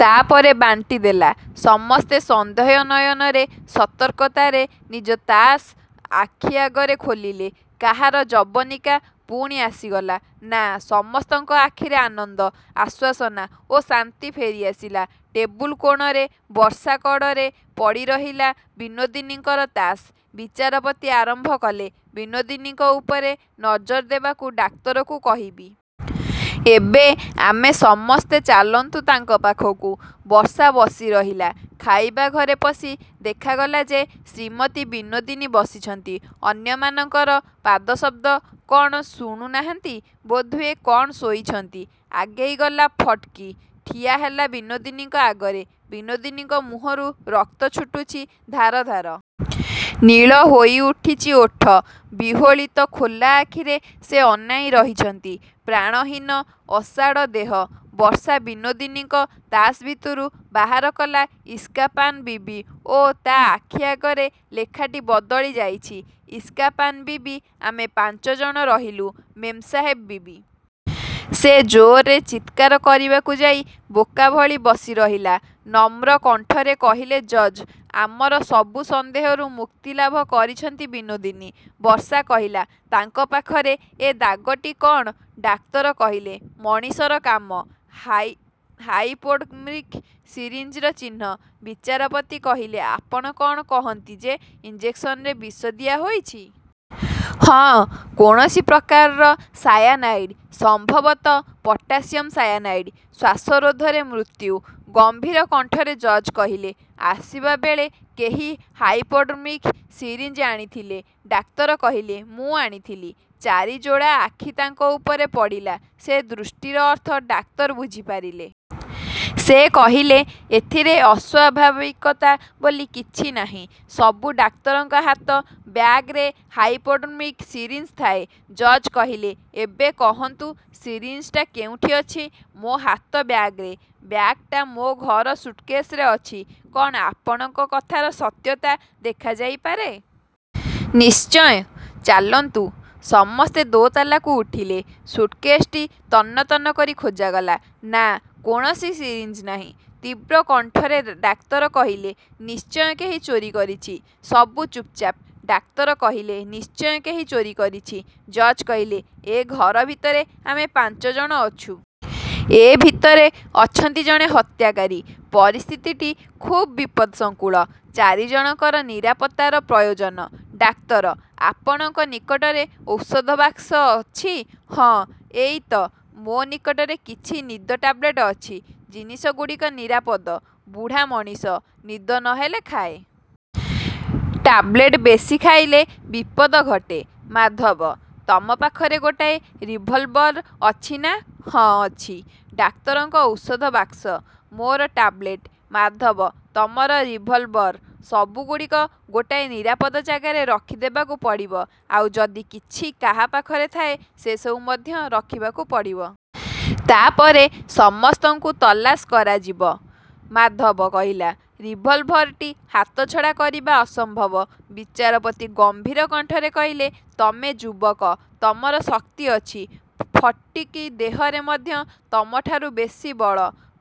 ତା ପରେ ବାଣ୍ଟିଦେଲା। ସମସ୍ତେ ସନ୍ଦେହ ନୟନରେ ସତର୍କତାରେ ନିଜ ତାସ୍ ଆଖି ଆଗରେ ଖୋଲିଲେ। କାହାର ଯବନିକା ପୁଣି ଆସିଗଲା? ନା, ସମସ୍ତଙ୍କ ଆଖିରେ ଆନନ୍ଦ, ଆଶ୍ୱାସନା ଓ ଶାନ୍ତି ଫେରିଆସିଲା। ଟେବୁଲ କୋଣରେ ବର୍ଷା କଡ଼ରେ ପଡ଼ିରହିଲା ବିନୋଦିନୀଙ୍କର ତାସ୍। ବିଚାରପତି ଆରମ୍ଭ କଲେ, ବିନୋଦିନୀଙ୍କ ଉପରେ ନଜର ଦେବାକୁ ଡାକ୍ତରକୁ କହିବି। ଏବେ ଆମେ ସମସ୍ତେ ଚାଲନ୍ତୁ ତାଙ୍କ ପାଖକୁ। ବର୍ଷା ବସିରହିଲା। ଖାଇବା ଘରେ ପଶି ଦେଖାଗଲା ଯେ ଶ୍ରୀମତୀ ବିନୋଦିନୀ ବସିଛନ୍ତି। ଅନ୍ୟମାନଙ୍କର ପାଦଶବ୍ଦ କ'ଣ ଶୁଣୁନାହାନ୍ତି? ବୋଧହୁଏ କ'ଣ ଶୋଇଛନ୍ତି? ଆଗେଇଗଲା ଫଟିକ୍। ଠିଆହେଲା ବିନୋଦିନୀଙ୍କ ଆଗରେ। ବିନୋଦିନୀଙ୍କ ମୁହଁରୁ ରକ୍ତ ଛୁଟିଛି ଧାର ଧାର। ନୀଳ ହୋଇଉଠିଛି ଓଠ। ବିହ୍ଵଳିତ ଖୋଲା ଆଖିରେ ସେ ଅନାଇ ରହିଛନ୍ତି। ପ୍ରାଣହୀନ ଅସାଡ଼ ଦେହ। ବର୍ଷା ବିନୋଦିନୀଙ୍କ ତାସ୍ ଭିତରୁ ବାହାର କଲା ଇସ୍କାପାନ ବିବି ଓ ତା ଆଖି ଆଗରେ ଲେଖାଟି ବଦଳିଯାଇଛି, ଇସ୍କାପାନ ବିବି, ଆମେ ପାଞ୍ଚ ଜଣ ରହିଲୁ ମେମ୍ ସାହେବ ବିବି। ସେ ଜୋରରେ ଚିତ୍କାର କରିବାକୁ ଯାଇ ବୋକାଭଳି ବସିରହିଲା। ନମ୍ର କଣ୍ଠରେ କହିଲେ ଜଜ୍, ଆମର ସବୁ ସନ୍ଦେହରୁ ମୁକ୍ତି ଲାଭ କରିଛନ୍ତି ବିନୋଦିନୀ। ବର୍ଷା କହିଲା, ତାଙ୍କ ପାଖରେ ଏ ଦାଗଟି କ'ଣ? ଡାକ୍ତର କହିଲେ, ମଣିଷର କାମ। ହାଇ ହାଇପୋଡର୍ମିକ ସିରିଞ୍ଜର ଚିହ୍ନ। ବିଚାରପତି କହିଲେ, ଆପଣ କ'ଣ କହନ୍ତି ଯେ ଇଞ୍ଜେକ୍ସନରେ ବିଷ ଦିଆହୋଇଛି? ହଁ, କୌଣସି ପ୍ରକାରର ସାୟାନାଇଡ୍। ସମ୍ଭବତଃ ପଟାସିୟମ୍ ସାୟାନାଇଡ୍। ଶ୍ଵାସରୋଧରେ ମୃତ୍ୟୁ। ଗମ୍ଭୀର କଣ୍ଠରେ ଜଜ୍ କହିଲେ, ଆସିବା ବେଳେ କେହି ହାଇପୋଡର୍ମିକ ସିରିଞ୍ଜ ଆଣିଥିଲେ? ଡାକ୍ତର କହିଲେ, ମୁଁ ଆଣିଥିଲି। ଚାରି ଯୋଡ଼ା ଆଖି ତାଙ୍କ ଉପରେ ପଡ଼ିଲା। ସେ ଦୃଷ୍ଟିର ଅର୍ଥ ଡାକ୍ତର ବୁଝିପାରିଲେ। ସେ କହିଲେ, ଏଥିରେ ଅସ୍ଵାଭାବିକତା ବୋଲି କିଛି ନାହିଁ। ସବୁ ଡାକ୍ତରଙ୍କ ହାତ ବ୍ୟାଗରେ ହାଇପୋଡର୍ମିକ ସିରିଞ୍ଜ ଥାଏ। ଜଜ୍ କହିଲେ, ଏବେ କହନ୍ତୁ ସିରିଞ୍ଜଟା କେଉଁଠି ଅଛି? ମୋ ହାତ ବ୍ୟାଗରେ। ବ୍ୟାଗ ଟା ମୋ ଘର ସୁଟକେସରେ ଅଛି। କ'ଣ ଆପଣଙ୍କ କଥାର ସତ୍ୟତା ଦେଖାଯାଇପାରେ? ନିଶ୍ଚୟ। ଚାଲନ୍ତୁ। ସମସ୍ତେ ଦୋତାଲାକୁ ଉଠିଲେ। ସୁଟକେସ ଟି ତନ୍ନ ତନ୍ନ କରି ଖୋଜାଗଲା। ନା, କୌଣସି ସିରିଞ୍ଜ ନାହିଁ। ତୀବ୍ର କଣ୍ଠରେ ଡାକ୍ତର କହିଲେ, ନିଶ୍ଚୟ କେହି ଚୋରି କରିଛି। ସବୁ ଚୁପଚାପ। ଡାକ୍ତର କହିଲେ, ନିଶ୍ଚୟ କେହି ଚୋରି କରିଛି! ଜଜ୍ କହିଲେ, ଏ ଘର ଭିତରେ ଆମେ ପାଞ୍ଚ ଜଣ ଅଛୁ। ଏ ଭିତରେ ଅଛନ୍ତି ଜଣେ ହତ୍ୟାକାରୀ। ପରିସ୍ଥିତିଟି ଖୁବ୍ ବିପଦସଂକୁଳ। ଚାରି ଜଣଙ୍କର ନିରାପତ୍ତାର ପ୍ରୟୋଜନ। ଡାକ୍ତର, ଆପଣଙ୍କ ନିକଟରେ ଔଷଧ ବାକ୍ସ ଅଛି। ହଁ, ଏଇ ତ। ମୋ ନିକଟରେ କିଛି ନିଦ ଟାବଲେଟ୍ ଅଛି। ଜିନିଷଗୁଡ଼ିକ ନିରାପଦ। ବୁଢ଼ା ମଣିଷ। ନିଦ ନ ହେଲେ ଖାଏ। ଟାବଲେଟ୍ ବେଶି ଖାଇଲେ ବିପଦ ଘଟେ। ମାଧବ, ତମ ପାଖରେ ଗୋଟାଏ ରିଭଲଭର ଅଛି ନା? ହଁ, ଅଛି। ଡାକ୍ତରଙ୍କ ଔଷଧ ବାକ୍ସ, ମୋର ଟାବଲେଟ୍, ମାଧବ ତମର ରିଭଲଭର, ସବୁଗୁଡ଼ିକ ଗୋଟାଏ ନିରାପଦ ଜାଗାରେ ରଖିଦେବାକୁ ପଡ଼ିବ। ଆଉ ଯଦି କିଛି କାହା ପାଖରେ ଥାଏ ସେସବୁ ମଧ୍ୟ ରଖିବାକୁ ପଡ଼ିବ। ତା ପରେ ସମସ୍ତଙ୍କୁ ତଲାସ କରାଯିବ। ମାଧବ କହିଲା, ରିଭଲଭର ଟି ହାତଛଡ଼ା କରିବା ଅସମ୍ଭବ। ବିଚାରପତି ଗମ୍ଭୀର କଣ୍ଠରେ କହିଲେ, ତମେ ଯୁବକ, ତମର ଶକ୍ତି ଅଛି। ଫଟିକ୍ ଦେହରେ ମଧ୍ୟ ତମଠାରୁ ବେଶି ବଳ।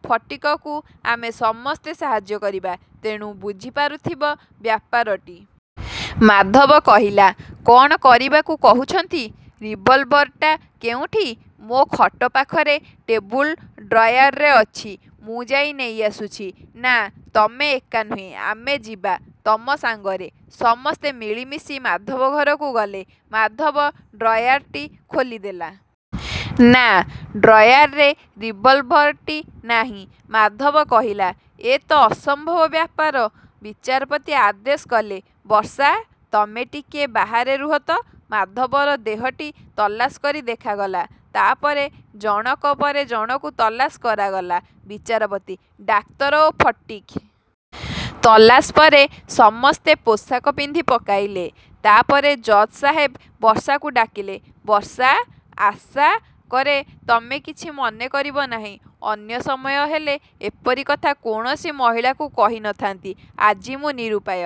ଫଟିକକୁ ଆମେ ସମସ୍ତେ ସାହାଯ୍ୟ କରିବା। ତେଣୁ ବୁଝିପାରୁଥିବ ବ୍ୟାପାରଟି। ମାଧବ କହିଲା, କ'ଣ କରିବାକୁ କହୁଛନ୍ତି? ରିଭଲଭର ଟା କେଉଁଠି? ମୋ ଖଟ ପାଖରେ ଟେବୁଲ ଡ୍ରୟାରରେ ଅଛି। ମୁଁ ଯାଇ ନେଇଆସୁଛି। ନା, ତମେ ଏକା ନୁହେଁ, ଆମେ ଯିବା ତମ ସାଙ୍ଗରେ। ସମସ୍ତେ ମିଳିମିଶି ମାଧବ ଘରକୁ ଗଲେ। ମାଧବ ଡ୍ରୟାର ଟି ଖୋଲିଦେଲା। ନା, ଡ୍ରୟାରରେ ରିଭଲଭର ଟି ନାହିଁ! ମାଧବ କହିଲା, ଏ ତ ଅସମ୍ଭବ ବ୍ୟାପାର! ବିଚାରପତି ଆଦେଶ କଲେ, ବର୍ଷା, ତମେ ଟିକିଏ ବାହାରେ ରୁହ ତ। ମାଧବର ଦେହଟି ତଲାସ କରି ଦେଖାଗଲା। ତା ପରେ ଜଣକ ପରେ ଜଣକୁ ତଲାସ କରାଗଲା, ବିଚାରପତି, ଡାକ୍ତର ଓ ଫଟିକ୍। ତଲାସ ପରେ ସମସ୍ତେ ପୋଷାକ ପିନ୍ଧି ପକାଇଲେ। ତା ପରେ ଜଜ୍ ସାହେବ ବର୍ଷାକୁ ଡାକିଲେ, ବର୍ଷା, ଆଶା କରେ ତମେ କିଛି ମନେ କରିବ ନାହିଁ। ଅନ୍ୟ ସମୟ ହେଲେ ଏପରି କଥା କୌଣସି ମହିଳାକୁ କହି ନ ଥାନ୍ତି। ଆଜି ମୁଁ ନିରୁପାୟ।